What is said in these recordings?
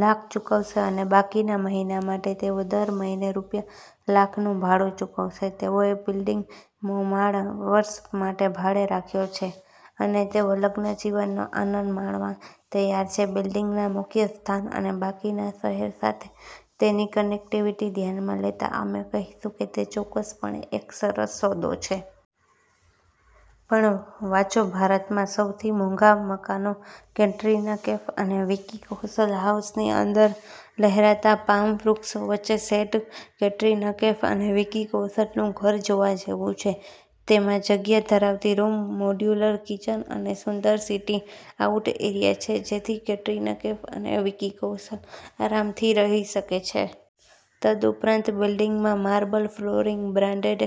લાખ ચૂકવશે અને બાકીના મહિના માટે તેઓ દર મહિને રૂ. લાખનું ભાડું ચૂકવશે. તેઓએ બિલ્ડીંગનો મો માળ વર્ષ માટે ભાડે રાખ્યો છે અને તેઓ લગ્નજીવનનો આનંદ માણવા તૈયાર છે. બિલ્ડિંગના મુખ્ય સ્થાન અને બાકીના શહેર સાથે તેની કનેક્ટિવિટી ધ્યાનમાં લેતા, અમે કહીશું કે તે ચોક્કસપણે એક સરસ સોદો છે! પણ વાંચોભારતમાં સૌથી મોંઘા મકાનો કેટરિના કૈફ અને વિકી કૌશલ હાઉસની અંદર લહેરાતા પામ વૃક્ષો વચ્ચે સેટ, કેટરિના કૈફ અને વિકી કૌશલનું ઘર જોવા જેવું છે. તેમાં જગ્યા ધરાવતી રૂમ, મોડ્યુલર કિચન અને સુંદર સિટ-આઉટ એરિયા છે જેથી કેટરિના કૈફ અને વિકી કૌશલ આરામથી રહી શકે છે. તદુપરાંત, building marble flooring, branded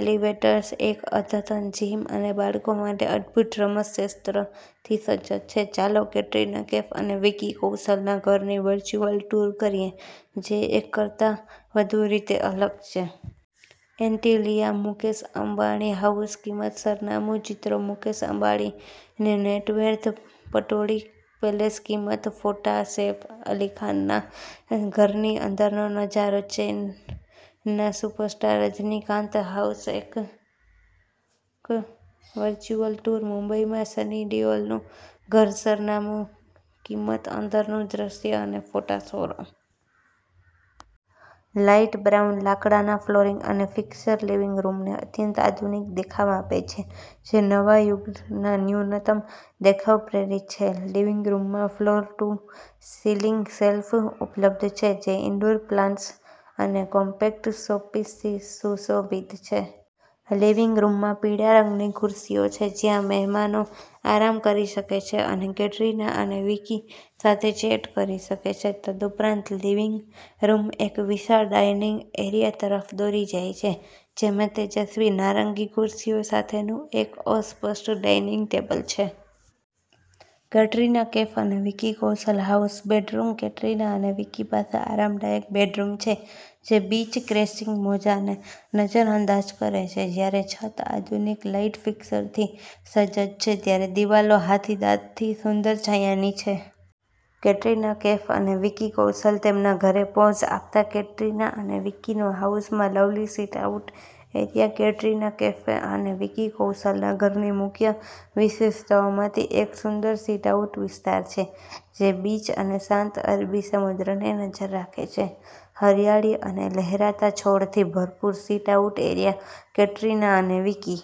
elevators, એક અદ્યતન જિમ અને બાળકો માટે અદ્ભુત રમત ક્ષેત્રથી સજ્જ છે. ચાલો કેટરિના કૈફ અને વિકી કૌશલના ઘરની વર્ચ્યુઅલ ટૂર કરીએ, જે એક કરતાં વધુ રીતે અલગ છે. એન્ટિલિયા, મુકેશ અંબાણી હાઉસકિંમત, સરનામું, ચિત્રોમુકેશ અંબાણીની નેટવર્થ, પટૌડી પેલેસકિંમત, ફોટા, સૈફ અલી ખાનના ઘરની અંદરનો નજારો, ચેનના સુપરસ્ટાર રજનીકાંત હાઉસએક વર્ચ્યુઅલ ટૂર, મુંબઈમાં સની દેઓલનું ઘરસરનામું, કિંમત, અંદરનું દૃશ્ય અને ફોટા, સૌરવ લાઈટ બ્રાઉન લાકડાના ફ્લોરિંગ અને ફિક્સર લિવિંગ રૂમને અત્યંત આધુનિક દેખાવ આપે છે, જે નવા યુગના ન્યૂનતમ દેખાવથી પ્રેરિત છે. લિવિંગ રૂમમાં ફ્લોર-ટુ-સીલિંગ શેલ્ફ ઉપલબ્ધ છે, જે ઇન્ડોર પ્લાન્ટ્સ અને કોમ્પેક્ટ શોપીસથી સુશોભિત છે. લિવિંગ રૂમમાં પીળા રંગની ખુરશીઓ છે જ્યાં મહેમાનો આરામ કરી શકે છે અને કેટરિના અને વિકી સાથે ચેટ કરી શકે છે. તદુપરાંત, લિવિંગ રૂમ એક વિશાળ ડાઇનિંગ એરિયા તરફ દોરી જાય છે જેમાં તેજસ્વી નારંગી ખુરશીઓ સાથેનું એક અસ્પષ્ટ ડાઇનિંગ ટેબલ છે. કેટરીના કૈફ અને Vicky Kaushal house bedroom Katrina અને વિકી પાસે આરામદાયક બેડરૂમ છે જે બીચ ક્રેશિંગ મોજાને નજરઅંદાજ કરે છે. જ્યારે છત આધુનિક લાઇટ ફિક્સરથી સજ્જ છે, ત્યારે દિવાલો હાથીદાંતથી સુંદર છાયાની છે. કેટરિના કૈફ અને વિકી કૌશલ તેમના ઘરે પોઝ આપતાં કેટરિના અને વિકીનો હાઉસમાં lovely sit out area Katrina Kaif અને વિકી કૌશલના ઘરની મુખ્ય વિશેષતાઓમાંની એકસુંદર સિટ-આઉટ વિસ્તાર છે જે બીચ અને શાંત અરબી સમુદ્રને નજર રાખે છે. હરિયાળી અને લહેરાતા છોડથી ભરપૂર, સિટ-આઉટ એરિયા કેટરીના અને વિકી